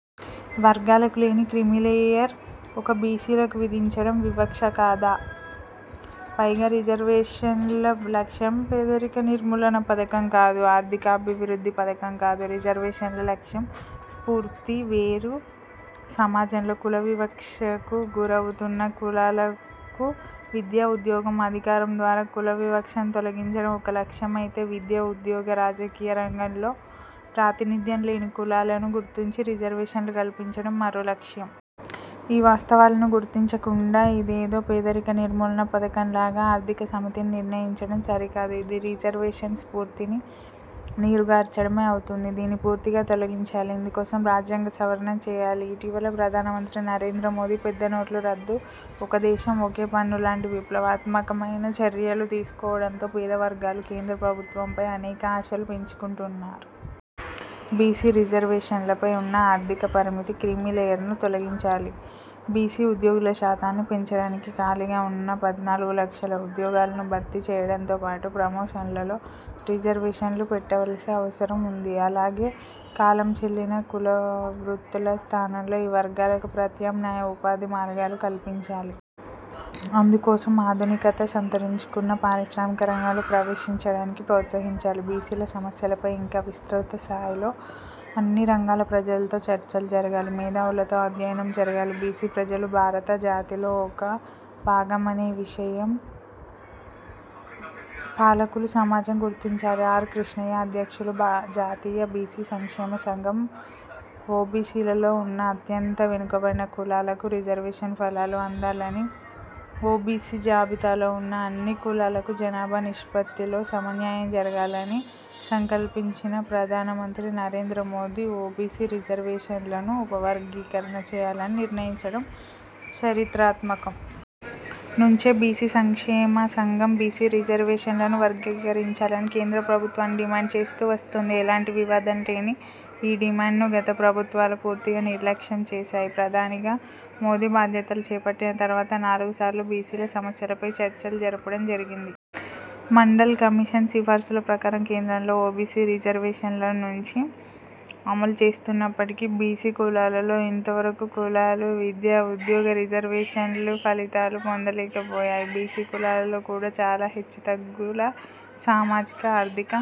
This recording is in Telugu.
వర్గాలకు లేని క్రిమీలేయర్ ఒక్క బీసీలకు విధించడం వివక్ష కాదా! పైగా రిజర్వేషన్ల లక్ష్యం పేదరిక నిర్మూలన పథకం కాదు, ఆర్థికాభివృద్ధి పథకం కాదు. రిజర్వేషన్ల లక్ష్యం స్ఫూర్తి వేరు. సమాజంలో కుల వివక్షకు గురవుతున్న కులాలకు విద్య, ఉద్యోగం, అధికారం ద్వారా కుల వివక్షను తొలగించడం ఒక లక్ష్యమైతే విద్య, ఉద్యోగ, రాజకీయ రంగంలో ప్రాతినిధ్యం లేని కులాలను గుర్తించి రిజర్వేషన్లు కల్పించడం మరో లక్ష్యం. ఈ వాస్తవాలను గుర్తించకుండా ఇదేదో పేదరిక నిర్ములన పథకం లాగా ఆర్థిక సమితిని నిర్ణయించడం సరికాదు. ఇది రిజర్వేషన్ స్ఫూర్తిని నీరు గార్చడమే అవుతుంది. దీన్ని పూర్తిగా తొలగించాలి. ఇందుకోసం రాజ్యాంగ సవరణ చేయాలి. ఇటీవల ప్రధానమంత్రి నరేంద్రమోదీ పెద్దనోట్లు రద్దు, ఒకే దేశం ఒకే పన్ను లాంటి విప్లవాత్మకమైన చర్యలు తీసుకోవడంతో పేద వర్గాలు కేంద్ర ప్రభుత్వంపై అనేక ఆశలు పెంచుకుంటు న్నారు. బీసీ రిజర్వేషన్లపై ఉన్న ఆర్థిక పరిమితి, క్రిమిలేయర్ను తొలగించాలి. బీసీ ఉద్యోగుల శాతాన్ని పెంచడానికి ఖాళీగా ఉన్న పద్నాలుగు లక్షల ఉద్యోగాలను భర్తీ చేయడంతో పాటు, ప్రమోషన్లలో రిజర్వేషన్లు పెటవలసిన అవసరం ఉంది. అలాగే కాలం చెల్లిన కులవృత్తుల స్థానంలో ఈ వర్గాలకు ప్రత్యమ్నాయ ఉపాధి మార్గాలు కల్పించాలి. అందుకోసం ఆధునికత సంతరించుకున్న పారిశ్రామిక రంగంలో ప్రవేశించడానికి ప్రోత్సహించాలి. బీసీల సమస్యలపై ఇంకా విస్తృత స్థాయిలో అన్ని రంగాల ప్రజలతో చర్చలు జరగాలి, మేధావులతో అధ్యయనం జరగాలి. బీసీ ప్రజలు భారత జాతిలో ఒక భాగమనే విషయం పాలకులు, సమాజం గుర్తించాలి. ఆర్. కృష్ణయ్య అధ్యక్షులు, జాతీయ బీసీ సంక్షేమ సంఘం ఓబీసీలలో ఉన్న అత్యంత వెనుకబడిన కులాలకు రిజర్వేషన్ ఫలాలు అందాలని, ఓబీసీ జాబితాలో ఉన్న అన్ని కులాలకు జనాభా నిష్పత్తిలో సమన్యాయం జరగాలని సంకల్పించిన ప్రధానమంత్రి నరేంద్ర మోదీ ఓబీసీ రిజర్వేషన్లను ఉపవర్గీకరణ చేయాలనీ నిర్ణయించడం చరిత్రాత్మకం. నుంచే బీసీ సంక్షేమ సంఘం బీసీ రిజర్వేషన్లను వర్గీకరించాలని కేంద్ర ప్రభుత్వాన్ని డిమాండ్ చేస్తూ వస్తోంది. ఎలాంటి వివాదం లేని ఈ డిమాండ్ను గత ప్రభుత్వాలు పూర్తిగా నిర్లక్ష్యం చేశాయి. ప్రధానిగా మోదీ బాధ్య తలు చేపట్టిన తర్వాత నాలుగు సార్లు బీసీల సమస్యలపై చర్చలు జరపడం జరిగింది. మండల్ కమిషన్ సిఫార్సుల ప్రకారం కేంద్రంలో ఓబీసీ రిజర్వేషన్లను నుంచి అమలు చేస్తున్నప్పటికీ బీసీ కులాలలో ఇంతవరకు కులాలు విద్య, ఉద్యోగ రిజర్వేషన్లు ఫలితాలు పొందలేకపోయాయి. బీసీ కులాలలో కూడా చాలా హెచ్చు తగ్గుల సామాజిక, ఆర్థిక,